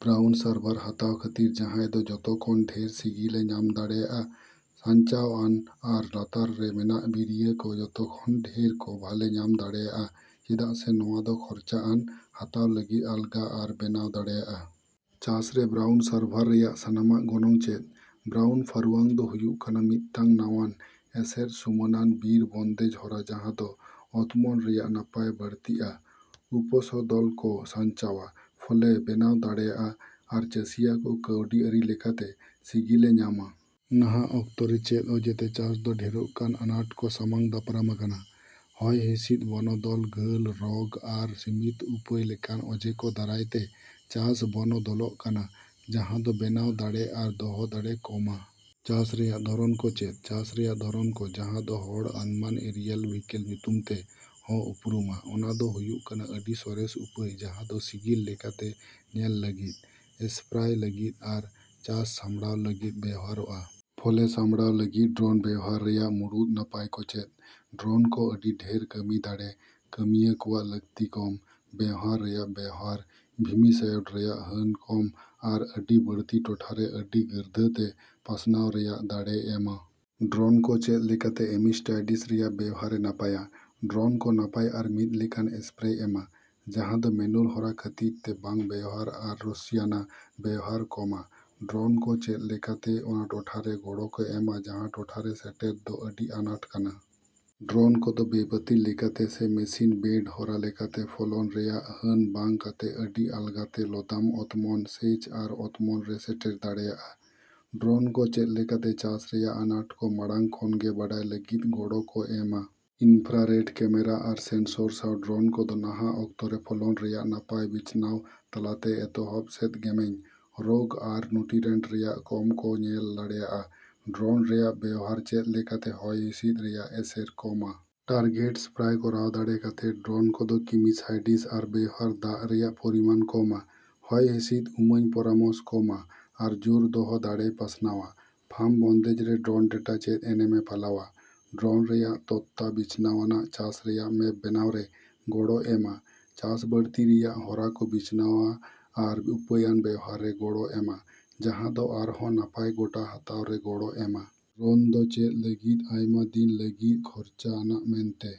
Brown ᱥᱟᱨᱵᱷᱟᱨ ᱦᱟᱛᱟᱣ ᱠᱷᱟᱹᱛᱤᱨ ᱡᱟᱦᱟᱸᱭ ᱫᱚ ᱡᱚᱛᱚ ᱠᱷᱚᱱ ᱰᱷᱮᱨ ᱥᱤᱜᱤᱞ ᱮ ᱧᱟᱢ ᱫᱟᱲᱮᱭᱟᱜᱼᱟ? ᱥᱟᱧᱪᱟᱣᱼᱟᱱ ᱟᱨ ᱞᱟᱛᱟᱨ ᱨᱮ ᱢᱮᱱᱟᱜ ᱵᱤᱨᱤᱭᱟᱹ ᱠᱚ ᱡᱚᱛᱚ ᱠᱷᱚᱱ ᱰᱷᱮᱨ ᱠᱚ ᱵᱷᱟᱞᱮ ᱧᱟᱢ ᱫᱟᱲᱮᱭᱟᱜᱼᱟ ᱪᱮᱫᱟᱜ ᱥᱮ ᱱᱚᱶᱟ ᱫᱚ ᱠᱷᱚᱨᱪᱟᱼᱟᱱ, ᱦᱟᱛᱟᱣ ᱞᱟᱹᱜᱤᱫ ᱟᱞᱜᱟ ᱟᱨ ᱵᱮᱱᱟᱣ ᱫᱟᱲᱮᱹᱭᱟᱜᱼᱟ᱾ ᱪᱟᱥ ᱨᱮ ᱵᱨᱟᱣᱩᱱ ᱥᱟᱨᱵᱷᱟᱨ ᱨᱮᱭᱟᱜ ᱥᱟᱱᱟᱢᱟᱜ ᱜᱚᱱᱚᱝ ᱪᱮᱫ? ᱵᱨᱟᱣᱩᱱ ᱯᱷᱟᱨᱩᱭᱟᱝ ᱫᱚ ᱦᱩᱭᱩᱜ ᱠᱟᱱᱟ ᱢᱤᱫᱴᱟᱝ ᱱᱟᱶᱟᱱ, ᱮᱥᱮᱨᱼᱥᱩᱢᱟᱹᱱᱟᱱ ᱵᱤᱨ ᱵᱚᱱᱫᱮᱡ ᱦᱚᱨᱟ ᱡᱟᱦᱟᱸ ᱫᱚ ᱚᱛᱢᱚᱱ ᱨᱮᱭᱟᱜ ᱱᱟᱯᱟᱭ ᱵᱟᱹᱲᱛᱤᱜᱼᱟ, ᱩᱯᱚᱥᱚᱫᱚᱞ ᱠᱚ ᱥᱟᱧᱪᱟᱣᱼᱟ, ᱯᱷᱚᱞᱮ ᱵᱮᱱᱟᱣ ᱫᱟᱲᱮᱹᱭᱟᱜᱼᱟ ᱟᱨ ᱪᱟᱥᱤᱭᱟᱹ ᱠᱚ ᱠᱟᱹᱣᱰᱤ ᱟᱹᱨᱤ ᱞᱮᱠᱟᱛᱮ ᱥᱤᱜᱤᱞᱮ ᱧᱟᱢᱼᱟ᱾ ᱱᱟᱦᱟᱜ ᱚᱠᱛᱚ ᱨᱮ ᱪᱮᱫ ᱚᱡᱮᱛᱮ ᱪᱟᱥ ᱫᱚ ᱰᱷᱮᱨᱚᱜ ᱠᱟᱱ ᱟᱱᱟᱴ ᱠᱚ ᱥᱟᱢᱟᱝ ᱫᱟᱯᱨᱟᱢ ᱟᱠᱟᱱᱟ? ᱦᱚᱭ ᱦᱤᱥᱤᱫ ᱵᱚᱱᱚᱫᱚᱞ, ᱜᱷᱟᱹᱞ, ᱨᱳᱜᱽ ᱟᱨ ᱥᱤᱢᱤᱛ ᱩᱯᱟᱹᱭ ᱞᱮᱠᱟᱱ ᱚᱡᱮ ᱠᱚ ᱫᱟᱨᱟᱭ ᱛᱮ ᱪᱟᱥ ᱵᱚᱱᱚᱫᱚᱞᱚᱜ ᱠᱟᱱᱟ, ᱡᱟᱦᱟᱸ ᱫᱚ ᱵᱮᱱᱟᱣ ᱫᱟᱲᱮ ᱟᱨ ᱫᱚᱦᱚ ᱫᱟᱲᱮ ᱠᱚᱢᱼᱟ᱾ ᱪᱟᱥ ᱨᱮᱭᱟᱜ ᱫᱷᱚᱨᱚᱱ ᱠᱚ ᱪᱮᱫ? ᱪᱟᱥ ᱨᱮᱭᱟᱜ ᱫᱷᱚᱨᱚᱱ ᱠᱚ, ᱡᱟᱦᱟᱸ ᱫᱚ ᱦᱚᱲ ᱟᱱᱢᱟᱱ ᱮᱨᱤᱭᱟᱞ ᱵᱷᱤᱠᱮᱞ ᱧᱩᱛᱩᱢ ᱛᱮ ᱦᱚᱸ ᱩᱯᱨᱩᱢᱟ, ᱚᱱᱟ ᱫᱚ ᱦᱩᱭᱩᱜ ᱠᱟᱱᱟ ᱟᱹᱰᱤ ᱥᱚᱨᱮᱥ ᱩᱯᱟᱹᱭ ᱡᱟᱦᱟᱸ ᱫᱚ ᱥᱤᱜᱤᱞ ᱞᱮᱠᱟᱛᱮ ᱧᱮᱞ ᱞᱟᱹᱜᱤᱫ, ᱮᱥᱯᱨᱟᱭ ᱞᱟᱹᱜᱤᱫ ᱟᱨ ᱪᱟᱥ ᱥᱟᱢᱲᱟᱣ ᱞᱟᱹᱜᱤᱫ ᱵᱮᱣᱦᱟᱨᱚᱜᱼᱟ᱾ ᱯᱷᱚᱞᱮ ᱥᱟᱢᱲᱟᱣ ᱞᱟᱹᱜᱤᱫ ᱰᱨᱚᱱ ᱵᱮᱣᱦᱟᱨ ᱨᱮᱭᱟᱜ ᱢᱩᱲᱩᱫ ᱱᱟᱯᱟᱭ ᱠᱚ ᱪᱮᱫ? ᱰᱨᱚᱱ ᱠᱚ ᱟᱹᱰᱤ ᱰᱷᱮᱨ ᱠᱟᱹᱢᱤ ᱫᱟᱲᱮ, ᱠᱟᱹᱢᱤᱭᱟᱹ ᱠᱚᱣᱟᱜ ᱞᱟᱹᱠᱛᱤ ᱠᱚᱢ, ᱵᱮᱶᱦᱟᱨ ᱨᱮᱭᱟᱜ ᱵᱮᱶᱦᱟᱨ, ᱠᱤᱢᱤᱥᱟᱭᱰ ᱨᱮᱭᱟᱜ ᱦᱟᱹᱱ ᱠᱚᱢ ᱟᱨ ᱟᱹᱰᱤ ᱵᱟᱹᱲᱛᱤ ᱴᱚᱴᱷᱟ ᱨᱮ ᱟᱹᱰᱤ ᱜᱟᱹᱨᱫᱷᱟᱹᱛᱮ ᱯᱟᱥᱱᱟᱣ ᱨᱮᱭᱟᱜ ᱫᱟᱲᱮᱭ ᱮᱢᱼᱟ᱾ ᱰᱨᱚᱱ ᱠᱚ ᱪᱮᱫ ᱞᱮᱠᱟᱛᱮ ᱮᱢᱤᱥᱴᱟᱭᱰᱤᱥ ᱨᱮᱭᱟᱜ ᱵᱮᱣᱦᱟᱨ ᱮ ᱱᱟᱯᱟᱭᱼᱟ? ᱰᱨᱚᱱ ᱠᱚ ᱱᱟᱯᱟᱭ ᱟᱨ ᱢᱤᱫ ᱞᱮᱠᱟᱱ ᱮᱥᱯᱨᱮᱭ ᱮᱢᱼᱟ, ᱡᱟᱦᱟᱸ ᱫᱚ ᱢᱮᱱᱩᱞ ᱦᱚᱨᱟ ᱠᱷᱟᱹᱛᱤᱨ ᱛᱮ ᱵᱟᱝ ᱵᱮᱣᱦᱟᱨ ᱟᱨ ᱨᱚᱥᱤᱭᱟᱱᱟᱜ ᱵᱮᱶᱦᱟᱨ ᱠᱚᱢᱼᱟ᱾ ᱰᱨᱚᱱ ᱠᱚ ᱪᱮᱫ ᱞᱮᱠᱟᱛᱮ ᱚᱱᱟ ᱴᱚᱴᱷᱟ ᱨᱮ ᱜᱚᱲᱚ ᱠᱚ ᱮᱢᱼᱟ ᱡᱟᱦᱟᱸ ᱴᱚᱴᱷᱟ ᱨᱮ ᱥᱮᱴᱮᱨ ᱫᱚ ᱟᱹᱰᱤ ᱟᱱᱟᱴ ᱠᱟᱱᱟ᱾ ᱰᱨᱚᱱ ᱠᱚᱫᱚ ᱵᱮᱼᱵᱟᱹᱛᱤᱞ ᱞᱮᱠᱟᱛᱮ ᱥᱮ ᱢᱮᱥᱤᱱᱼᱵᱮᱹᱰ ᱦᱚᱨᱟ ᱞᱮᱠᱟᱛᱮ, ᱯᱷᱚᱞᱚᱱ ᱨᱮᱭᱟᱜ ᱦᱟᱹᱱ ᱵᱟᱝ ᱠᱟᱛᱮ ᱟᱹᱰᱤ ᱟᱞᱜᱟᱛᱮ ᱞᱚᱫᱟᱢ ᱚᱛᱢᱚᱱ, ᱥᱮᱪ ᱟᱨ ᱚᱛᱢᱚᱱ ᱨᱮ ᱥᱮᱴᱮᱨ ᱫᱟᱲᱮᱹᱭᱟᱜᱼᱟ᱾ ᱰᱨᱚᱱ ᱠᱚ ᱪᱮᱫ ᱞᱮᱠᱟᱛᱮ ᱪᱟᱥ ᱨᱮᱭᱟᱜ ᱟᱱᱟᱴ ᱠᱚ ᱢᱟᱲᱟᱝ ᱠᱷᱚᱱ ᱜᱮ ᱵᱟᱰᱟᱭ ᱞᱟᱹᱜᱤᱫ ᱜᱚᱲᱚ ᱠᱚ ᱮᱢᱼᱟ? ᱤᱱᱯᱷᱨᱟᱨᱮᱰ ᱠᱮᱢᱮᱨᱟ ᱟᱨ ᱥᱮᱱᱥᱳᱨ ᱥᱟᱶ ᱰᱨᱚᱱ ᱠᱚᱫᱚ ᱱᱟᱦᱟᱜ ᱚᱠᱛᱚ ᱨᱮ ᱯᱷᱚᱞᱚᱱ ᱨᱮᱭᱟᱜ ᱱᱟᱯᱟᱭ ᱵᱤᱪᱷᱱᱟᱶ ᱛᱟᱞᱟᱛᱮ ᱮᱛᱚᱦᱚᱵ ᱥᱮᱫ ᱜᱮᱢᱮᱧ, ᱨᱳᱜᱽ ᱟᱨ ᱱᱩᱴᱤᱨᱮᱱᱴ ᱨᱮᱭᱟᱜ ᱠᱚᱢ ᱠᱚ ᱧᱮᱞ ᱫᱟᱲᱮᱹᱭᱟᱜᱼᱟ᱾ ᱰᱨᱚᱱ ᱨᱮᱭᱟᱜ ᱵᱮᱣᱦᱟᱨ ᱪᱮᱫ ᱞᱮᱠᱟᱛᱮ ᱦᱚᱭ ᱦᱤᱥᱤᱫ ᱨᱮᱭᱟᱜ ᱮᱥᱮᱨ ᱠᱚᱢᱼᱟ? ᱴᱟᱨᱜᱮᱴ ᱥᱯᱨᱟᱭ ᱠᱚᱨᱟᱣ ᱫᱟᱲᱮ ᱠᱟᱛᱮ, ᱰᱨᱚᱱ ᱠᱚᱫᱚ ᱠᱤᱢᱤᱥᱟᱭᱰᱤᱥ ᱟᱨ ᱵᱮᱣᱦᱟᱨ ᱫᱟᱜ ᱨᱮᱭᱟᱜ ᱯᱚᱨᱤᱢᱟᱱ ᱠᱚᱢᱼᱟ, ᱦᱚᱭ ᱦᱤᱥᱤᱫ ᱩᱢᱟᱹᱧ ᱯᱚᱨᱟᱢᱚᱥ ᱠᱚᱢᱼᱟ ᱟᱨ ᱡᱳᱨ ᱫᱚᱦᱚ ᱫᱟᱲᱮᱭ ᱯᱟᱥᱱᱟᱣᱼᱟ᱾ ᱯᱷᱟᱢ ᱵᱚᱱᱫᱮᱡ ᱨᱮ ᱰᱨᱚᱱ ᱰᱮᱴᱟ ᱪᱮᱫ ᱮᱱᱮᱢᱮ ᱯᱟᱞᱟᱣᱼᱟ? ᱰᱨᱚᱱ ᱨᱮᱭᱟᱜ ᱛᱚᱛᱛᱟ ᱵᱤᱪᱷᱱᱟᱣᱟᱱᱟᱜ ᱪᱟᱥ ᱨᱮᱭᱟᱜ ᱢᱮᱯ ᱵᱮᱱᱟᱣ ᱨᱮ ᱜᱚᱲᱚ ᱮᱢᱼᱟ, ᱪᱟᱥ ᱵᱟᱹᱲᱛᱤ ᱨᱮᱭᱟᱜ ᱦᱚᱨᱟ ᱠᱚ ᱵᱤᱪᱷᱱᱟᱣᱟ ᱟᱨ ᱩᱯᱟᱹᱭᱟᱱ ᱵᱮᱣᱦᱟᱨ ᱨᱮ ᱜᱚᱲᱚ ᱮᱢᱼᱟ, ᱡᱟᱦᱟᱸ ᱫᱚ ᱟᱨᱦᱚᱸ ᱱᱟᱯᱟᱭ ᱜᱚᱴᱟ ᱦᱟᱛᱟᱣ ᱨᱮ ᱜᱚᱲᱚ ᱮᱢᱼᱟ᱾ ᱰᱨᱚᱱ ᱫᱚ ᱪᱮᱫ ᱞᱟᱹᱜᱤᱫ ᱟᱭᱢᱟ ᱫᱤᱱ ᱞᱟᱹᱜᱤᱫ ᱠᱷᱚᱨᱪᱟ ᱟᱱᱟᱜ ᱢᱮᱱᱛᱮ